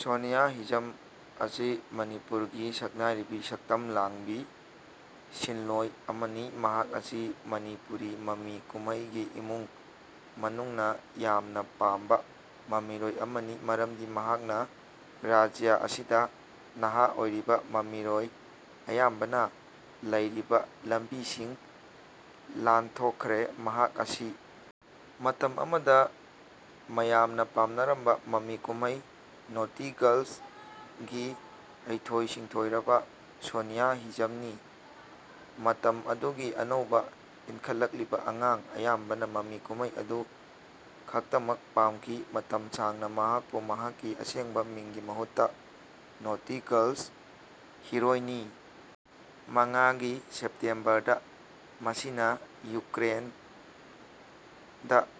ꯁꯣꯅꯤꯌꯥ ꯍꯤꯖꯝ ꯑꯁꯤ ꯃꯅꯤꯄꯨꯔꯒꯤ ꯁꯛꯅꯥꯢꯔꯕꯤ ꯁꯛꯇꯝ ꯂꯥꯡꯕꯤ ꯁꯤꯟꯂꯣꯢ ꯑꯃꯅꯤ꯫ ꯃꯍꯥꯛ ꯑꯁꯤ ꯃꯅꯤꯄꯨꯔꯤ ꯃꯃꯤ ꯀꯨꯝꯍꯩꯒꯤ ꯏꯃꯨꯡ ꯃꯅꯨꯡꯅ ꯌꯥꯝꯅ ꯄꯥꯝꯕ ꯃꯃꯤꯔꯣꯏ ꯑꯃꯅꯤ ꯃꯔꯝꯗꯤ ꯃꯍꯥꯛꯅ ꯔꯥꯖ꯭ꯌ ꯑꯁꯤꯗ ꯅꯍꯥ ꯑꯣꯏꯔꯤꯕ ꯃꯃꯤꯔꯣꯏ ꯑꯌꯥꯝꯕꯅ ꯂꯩꯔꯤꯕ ꯂꯝꯕꯤꯁꯤꯡ ꯂꯥꯟꯊꯣꯛꯈ꯭ꯔꯦ꯫ ꯃꯍꯥꯛ ꯑꯁꯤ ꯃꯇꯝ ꯑꯃꯗ ꯃꯌꯥꯝꯅ ꯄꯥꯝꯅꯔꯝꯕ ꯃꯃꯤ ꯀꯨꯝꯍꯩ "ꯅꯣꯇꯤ ꯒꯔꯜ꯭ꯁ"ꯒꯤ ꯍꯩꯊꯣꯏ ꯁꯤꯡꯊꯣꯏꯔꯕ ꯁꯣꯅꯤꯌꯥ ꯍꯤꯖꯝꯅꯤ꯫ ꯃꯇꯝ ꯑꯗꯨꯒꯤ ꯑꯅꯧꯕ ꯏꯟꯈꯠꯂꯛꯂꯤꯕ ꯑꯉꯥꯡ ꯑꯌꯥꯝꯕꯅ ꯃꯃꯤ ꯀꯨꯝꯍꯩ ꯑꯗꯨ ꯈꯛꯇꯃꯛ ꯄꯥꯝꯈꯤ꯫ ꯃꯇꯝ ꯁꯥꯡꯅ ꯃꯍꯥꯛꯄꯨ ꯃꯍꯥꯛꯀꯤ ꯑꯁꯦꯡꯕ ꯃꯤꯡꯒꯤ ꯃꯍꯨꯠꯇ "ꯅꯣꯇꯤ ꯒꯔꯜꯁ ꯍꯤꯔꯣꯏꯅꯤ" ꯃꯉꯥꯒꯤ ꯁꯦꯞꯇꯦꯝꯕꯔꯗ ꯃꯁꯤꯅ ꯌꯨꯀ꯭ꯔꯦꯟꯗ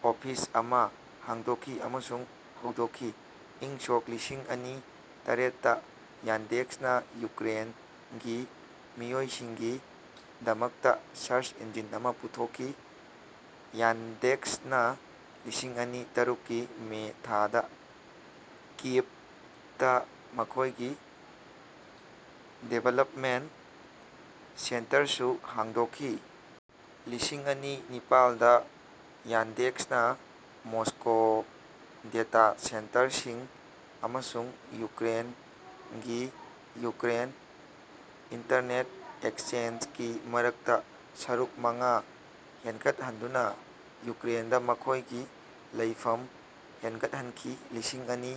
ꯑꯣꯐꯤꯁ ꯑꯃ ꯍꯥꯡꯗꯣꯛꯈꯤ ꯑꯃꯁꯨꯡ ꯍꯧꯗꯣꯛꯈꯤ꯫ ꯏꯪ ꯁꯣꯛ ꯂꯤꯁꯤꯡ ꯑꯅꯤ ꯇꯔꯦꯠꯇ ꯌꯥꯟꯗꯦꯛꯁꯅ ꯌꯨꯀ꯭ꯔꯦꯟꯒꯤ ꯃꯤꯑꯣꯏꯁꯤꯡꯒꯤ ꯗꯃꯛꯇ ꯁꯔꯆ ꯏꯟꯖꯤꯟ ꯑꯃ ꯄꯨꯊꯣꯛꯈꯤ꯫ ꯌꯥꯟꯗꯦꯛꯁꯅ ꯂꯤꯁꯤꯡ ꯑꯅꯤ ꯇꯔꯦꯠꯀꯤ ꯃꯦ ꯊꯥꯗ ꯀꯤꯌꯤꯚꯇ ꯃꯈꯣꯏꯒꯤ ꯗꯤꯕ꯭ꯂꯞꯃꯦꯟꯠ ꯁꯦꯟꯇꯔꯁꯨ ꯍꯥꯡꯗꯣꯛꯈꯤ꯫ ꯂꯤꯁꯤꯡ ꯑꯅꯤ ꯅꯤꯄꯥꯜꯗ ꯌꯥꯟꯗꯦꯛꯁꯅ ꯃꯁ꯭ꯀꯣ ꯗꯦꯇꯥ ꯁꯦꯟꯇꯔꯁꯤꯡ ꯑꯃꯁꯨꯡ ꯌꯨꯀ꯭ꯔꯦꯟꯒꯤ ꯌꯨꯀ꯭ꯔꯦꯟ ꯏꯟꯇꯔꯅꯦꯠ ꯑꯦꯛꯆꯦꯟꯖ ꯀꯤ ꯃꯔꯛꯇ ꯁꯔꯨꯛ ꯃꯉꯥ ꯍꯦꯟꯒꯠꯍꯟꯗꯨꯅ ꯌꯨꯀ꯭ꯔꯦꯟꯗ ꯃꯈꯣꯏꯒꯤ ꯂꯩꯐꯝ ꯍꯦꯟꯒꯠꯍꯟꯈꯤ꯫ ꯂꯤꯁꯤꯡ ꯑꯅꯤ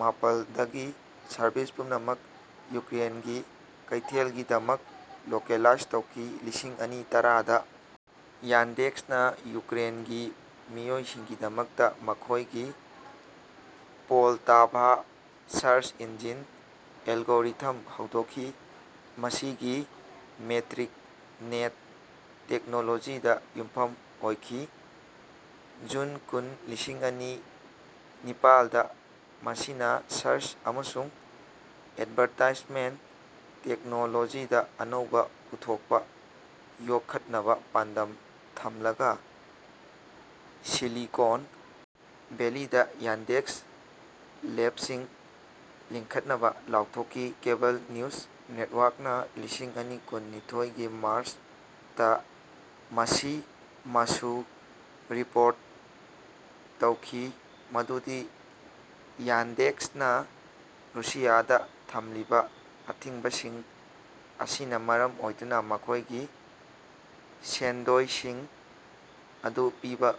ꯃꯥꯄꯜꯗꯒꯤ ꯁꯔꯚꯤꯁ ꯄꯨꯝꯅꯃꯛ ꯌꯨꯀ꯭ꯔꯦꯟꯒꯤ ꯀꯩꯊꯦꯜꯒꯤꯗꯃꯛ ꯂꯣꯀꯦꯂꯥꯏꯖ ꯇꯧꯈꯤ꯫ ꯂꯤꯁꯤꯡ ꯑꯅꯤ ꯇꯔꯥꯗ ꯌꯥꯟꯗꯦꯛꯁꯅ ꯌꯨꯀ꯭ꯔꯦꯟꯒꯤ ꯃꯤꯑꯣꯏꯁꯤꯡꯒꯤꯗꯃꯛꯇ ꯃꯈꯣꯏꯒꯤ " ꯄꯣꯜꯇꯥꯚꯥ " ꯁꯔꯆ ꯏꯟꯖꯤꯟ ꯑꯦꯜꯒꯣꯔꯤꯊꯝ ꯍꯧꯗꯣꯛꯈꯤ꯫ ꯃꯁꯤꯒꯤ ꯃꯦꯇ꯭ꯔꯤꯛ ꯅꯦꯠ ꯇꯦꯛꯅꯣꯂꯣꯖꯤꯗ ꯌꯨꯝꯐꯝ ꯑꯣꯏꯈꯤ꯫ ꯖꯨꯟ ꯀꯨꯟ, ꯂꯤꯁꯤꯡ ꯑꯅꯤ ꯅꯤꯄꯥꯥꯜꯗ ꯃꯁꯤꯅ "ꯁꯔꯆ ꯑꯃꯁꯨꯡ ꯑꯦꯗꯚꯔꯇꯥꯏꯖꯃꯦꯟꯠ ꯇꯦꯛꯅꯣꯂꯣꯖꯤꯗ ꯑꯅꯧꯕ ꯄꯨꯊꯣꯛꯄ" ꯌꯣꯛꯈꯠꯅꯕ ꯄꯥꯟꯗꯝ ꯊꯝꯂꯒ ꯁꯤꯂꯤꯀꯣꯟ ꯚꯦꯂꯤꯗ ꯌꯥꯟꯗꯦꯛꯁ ꯂꯦꯕꯁꯤꯡ ꯂꯤꯡꯈꯠꯅꯕ ꯂꯥꯎꯊꯣꯛꯈꯤ꯫ ꯀꯦꯕꯜ ꯅ꯭ꯌꯨꯁ ꯅꯦꯠꯋ꯭ꯔꯛꯅ ꯂꯤꯁꯤꯡ ꯑꯅꯤ ꯀꯨꯟ ꯅꯤꯊꯣꯢꯒꯤ ꯃꯥꯔꯆꯇ ꯃꯁꯤꯃꯁꯨ ꯔꯤꯄꯣꯔꯠ ꯇꯧꯈꯤ ꯃꯗꯨꯗꯤ ꯌꯥꯟꯗꯦꯛꯁꯅ ꯔꯨꯁꯤꯌꯥꯗ ꯊꯝꯂꯤꯕ ꯑꯊꯤꯡꯕꯁꯤꯡ ꯑꯁꯤꯅ ꯃꯔꯝ ꯑꯣꯏꯗꯨꯅ ꯃꯈꯣꯏꯒꯤ ꯁꯦꯟꯗꯣꯏꯁꯤꯡ ꯑꯗꯨ ꯄꯤꯕ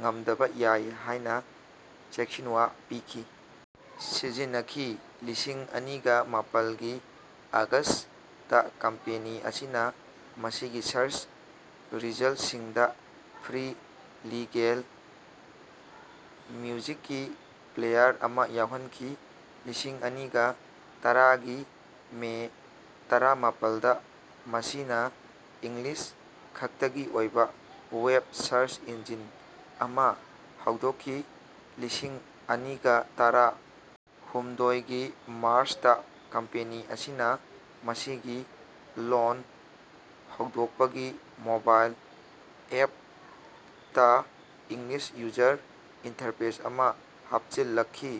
ꯉꯝꯗꯕ ꯌꯥꯏ ꯍꯥꯏꯅ ꯆꯦꯛꯁꯤꯟꯋꯥ ꯄꯤꯈꯤ꯫ ꯁꯤꯖꯤꯟꯅꯈꯤ꯫ ꯂꯤꯁꯤꯡ ꯑꯅꯤꯒ ꯃꯥꯄꯜꯒꯤ ꯑꯒꯁꯇ ꯀꯝꯄꯦꯅꯤ ꯑꯁꯤꯅ ꯃꯁꯤꯒꯤ ꯁꯔꯆ ꯔꯤꯖꯜꯠꯁꯤꯡꯗ ꯐ꯭ꯔꯤ ꯂꯤꯒꯦꯜ ꯃ꯭ꯌꯨꯖꯤꯛꯀꯤ ꯄ꯭ꯂꯦꯌꯔ ꯑꯃ ꯌꯥꯎꯍꯟꯈꯤ꯫ ꯂꯤꯁꯤꯡ ꯑꯅꯤꯒ ꯇꯔꯥꯒꯤ ꯃꯦ ꯇꯔꯥꯃꯥꯄꯜꯗ ꯃꯁꯤꯅ ꯏꯪꯂꯤꯁ ꯈꯛꯇꯒꯤ ꯑꯣꯏꯕ ꯋꯦꯕ ꯁꯔꯆ ꯏꯟꯖꯤꯟ ꯑꯃ ꯍꯧꯗꯣꯛꯈꯤ꯫ ꯂꯤꯁꯤꯡ ꯑꯅꯤꯒ ꯇꯔꯥ ꯍꯨꯝꯗꯣꯏꯒꯤ ꯃꯥꯔꯆꯇ ꯀꯝꯄꯦꯅꯤ ꯑꯁꯤꯅ ꯃꯁꯤꯒꯤ ꯂꯣꯟ ꯍꯟꯗꯣꯛꯄꯒꯤ ꯃꯣꯕꯥꯏꯜ ꯑꯦꯞꯇ ꯏꯪꯂꯤꯁ ꯌꯨꯖꯔ ꯏꯟꯇꯔꯐꯦꯁ ꯑꯃ ꯍꯥꯞꯆꯤꯜꯂꯛꯈꯤ꯫